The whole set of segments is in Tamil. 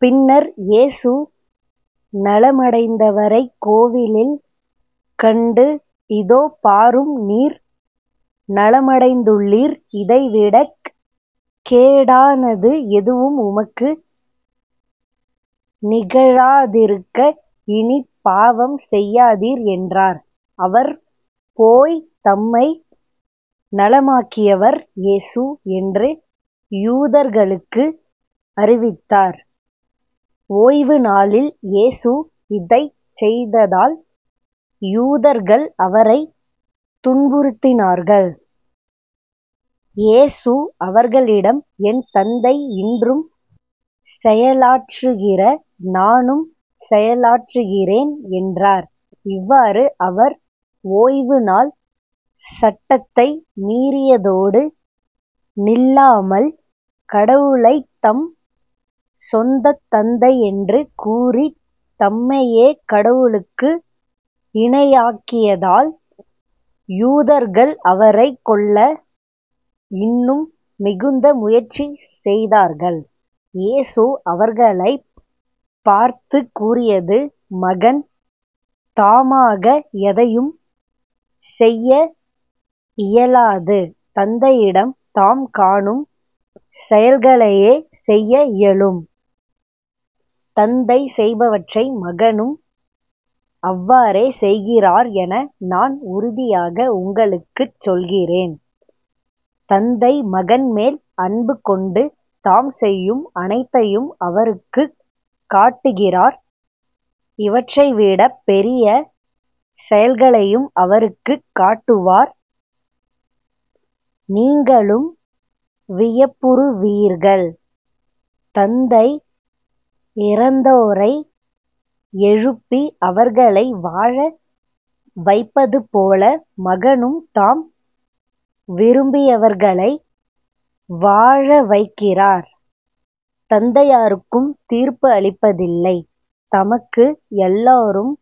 பின்னர் இயேசு நலமடைந்தவரைக் கோவிலில் கண்டு இதோ பாரும் நீர் நலமடைந்துள்ளீர் இதை விடக் கேடானது எதுவும் உமக்கு நிகழாதிருக்க இனிப் பாவம் செய்யாதீர் என்றார். அவர் போய் தம்மை நலமாக்கியவர் இயேசு என்று யூதர்களுக்கு அறிவித்தார். ஓய்வுநாளில் இயேசு இதைச் செய்ததால் யூதர்கள் அவரைத் துன்புறுத்தினார்கள். இயேசு அவர்களிடம் என் தந்தை இன்றும் செயலாற்றுகிற நானும் செயலாற்றுகிறேன் என்றார். இவ்வாறு அவர் ஓய்வு நாள் சட்டத்தை மீறியதோடு நில்லாமல் கடவுளைத் தம் சொந்தத் தந்தை என்று கூறித் தம்மையே கடவுளுக்கு இணையாக்கியதால் யூதர்கள் அவரைக் கொல்ல இன்னும் மிகுந்த முயற்சி செய்தார்கள். இயேசு அவர்களைப் பார்த்துக் கூறியது மகன் தாமாக எதையும் செய்ய இயலாது தந்தையிடம் தாம் காணும் செயல்களையே செய்ய இயலும். தந்தை செய்பவற்றை மகனும் அவ்வாறே செய்கிறார் என நான் உறுதியாக உங்களுக்குச் சொல்கிறேன். தந்தை மகன் மேல் அன்பு கொண்டு தாம் செய்யும் அனைத்தையும் அவருக்குக் காட்டுகிறார் இவற்றைவிடப் பெரிய செயல்களையும் அவருக்குக் காட்டுவார். நீங்களும் வியப்புறுவீர்கள். தந்தை இறந்தோரை எழுப்பி அவர்களை வாழ வைப்பதுபோல மகனும் தாம் விரும்பியவர்களை வாழவைக்கிறார். தந்தை யாருக்கும் தீர்ப்பு அளிப்பதில்லை. தமக்கு எல்லாரும்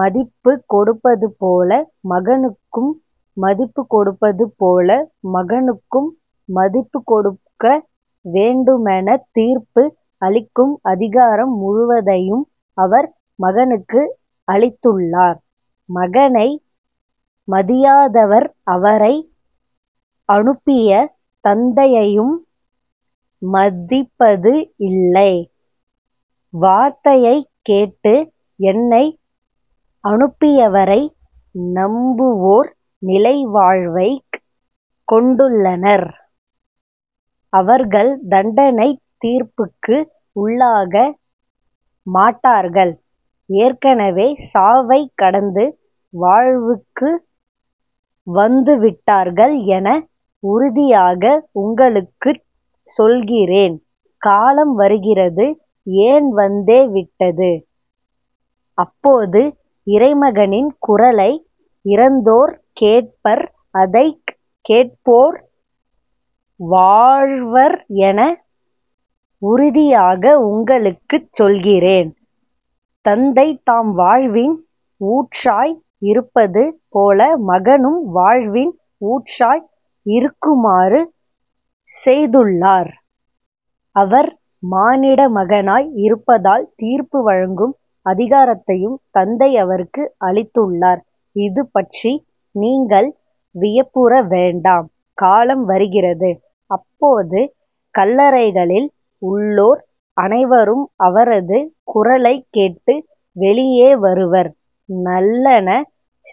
மதிப்புக் கொடுப்பதுபோல மகனுக்கும் மதிப்புக்கொடுப்பதுபோல மகனுக்கும் மதிப்புக்கொடுக்க வேண்டுமெனத் தீர்ப்பு அளிக்கும் அதிகாரம் முழுவதையும் அவர் மகனுக்கு அளித்துள்ளார். மகனை மதியாதவர் அவரை அனுப்பிய தந்தையையும் மதிப்பது இல்லை. வார்த்தையைக் கேட்டு என்னை அனுப்பியவரை நம்புவோர் நிலை வாழ்வைக் கொண்டுள்ளனர். அவர்கள் தண்டனைத் தீர்ப்புக்கு உள்ளாக மாட்டார்கள் ஏற்கெனவே சாவைக் கடந்து வாழ்வுக்கு வந்துவிட்டார்கள் என உறுதியாக உங்களுக்குச் சொல்கிறேன். காலம் வருகிறது ஏன் வந்தே விட்டது. அப்போது இறைமகனின் குரலை இறந்தோர் கேட்பர் அதைக் கேட்போர் வாழ்வர் என உறுதியாக உங்களுக்குச் சொல்கிறேன். தந்தை தாம் வாழ்வின் ஊற்றாய் இருப்பது போல மகனும் வாழ்வின் ஊற்றாய் இருக்குமாறு செய்துள்ளார். அவர் மானிடமகனாய் இருப்பதால் தீர்ப்பு வழங்கும் அதிகாரத்தையும் தந்தை அவருக்கு அளித்துள்ளார். இது பற்றி நீங்கள் வியப்புற வேண்டாம். காலம் வருகிறது அப்போது கல்லறைகளில் உள்ளோர் அனைவரும் அவரது குரலைக் கேட்டு வெளியே வருவர். நல்லன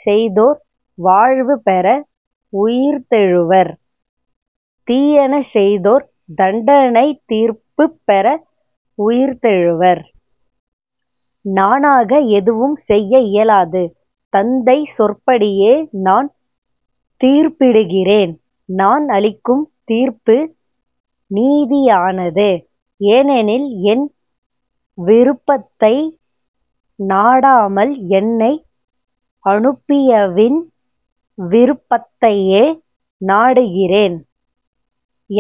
செய்தோர் வாழ்வு பெற உயிர்த்தெழுவர் தீயன செய்தோர் தண்டனைத் தீர்ப்புப் பெற உயிர்த்தெழுவர். நானாக எதுவும் செய்ய இயலாது. தந்தை சொற்படியே நான் தீர்ப்பிடுகிறேன். நான் அளிக்கும் தீர்ப்பு நீதியானது. ஏனெனில் என் விருப்பத்தை நாடாமல் என்னை அனுப்பியவின் விருப்பத்தையே நாடுகிறேன்.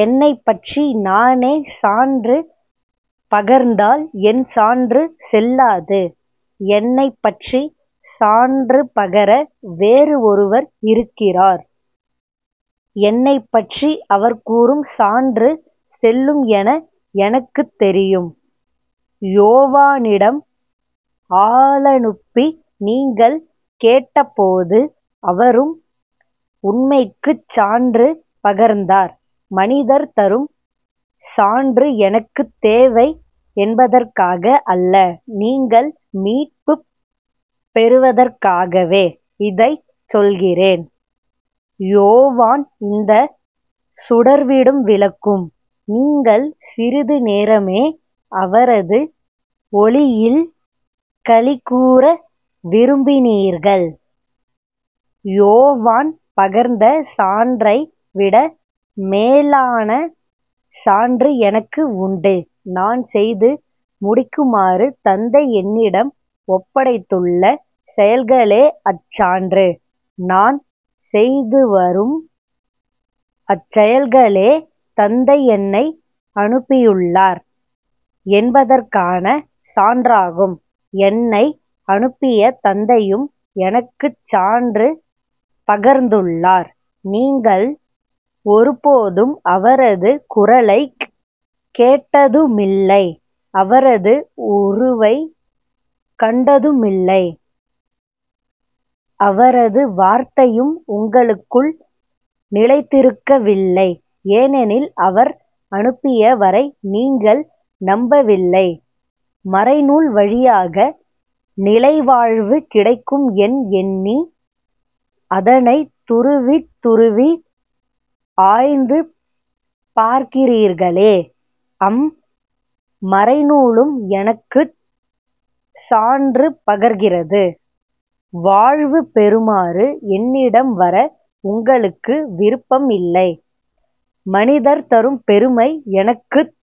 என்னைப்பற்றி நானே சான்று பகர்ந்தால் என் சான்று செல்லாது. என்னைப்பற்றி சான்று பகர வேறு ஒருவர் இருக்கிறார். என்னைப்பற்றி அவர் கூறும் சான்று செல்லும் என எனக்குத் தெரியும். யோவானிடம் ஆளனுப்பி நீங்கள் கேட்டபோது அவரும் உண்மைக்குச் சான்று பகர்ந்தார். மனிதர் தரும் சான்று எனக்குத் தேவை என்பதற்காக அல்ல நீங்கள் மீட்புப் பெறுவதற்காகவே இதைச் சொல்கிறேன். யோவான் இந்த சுடர்விடும் விளக்கு. நீங்கள் சிறிது நேரமே அவரது ஒளியில் களிகூர விரும்பினீர்கள். யோவான் பகர்ந்த சான்றை விட மேலான சான்று எனக்கு உண்டு. நான் செய்து முடிக்குமாறு தந்தை என்னிடம் ஒப்படைத்துள்ள செயல்களே அச்சான்று. நான் செய்துவரும் அச்செயல்களே தந்தை என்னை அனுப்பியுள்ளார் என்பதற்கான சான்றாகும். என்னை அனுப்பிய தந்தையும் எனக்குச் சான்று பகர்ந்துள்ளார். நீங்கள் ஒருபோதும் அவரது குரலைக் கேட்டதுமில்லை அவரது உருவைக் கண்டதுமில்லை. அவரது வார்த்தையும் உங்களுக்குள் நிலைத்திருக்கவில்லை ஏனெனில் அவர் அனுப்பிய வரை நீங்கள் நம்பவில்லை மறைநூல் வழியாக நிலைவாழ்வு கிடைக்கும் என் எண்ணி அதனைத் துருவித் துருவி ஆய்ந்து பார்க்கிறீர்களே. அம் மறைநூலும் எனக்குச் சான்று பகர்கிறது. வாழ்வு பெறுமாறு என்னிடம் வர உங்களுக்கு விருப்பம் இல்லை. மனிதர் தரும் பெருமை எனக்குத்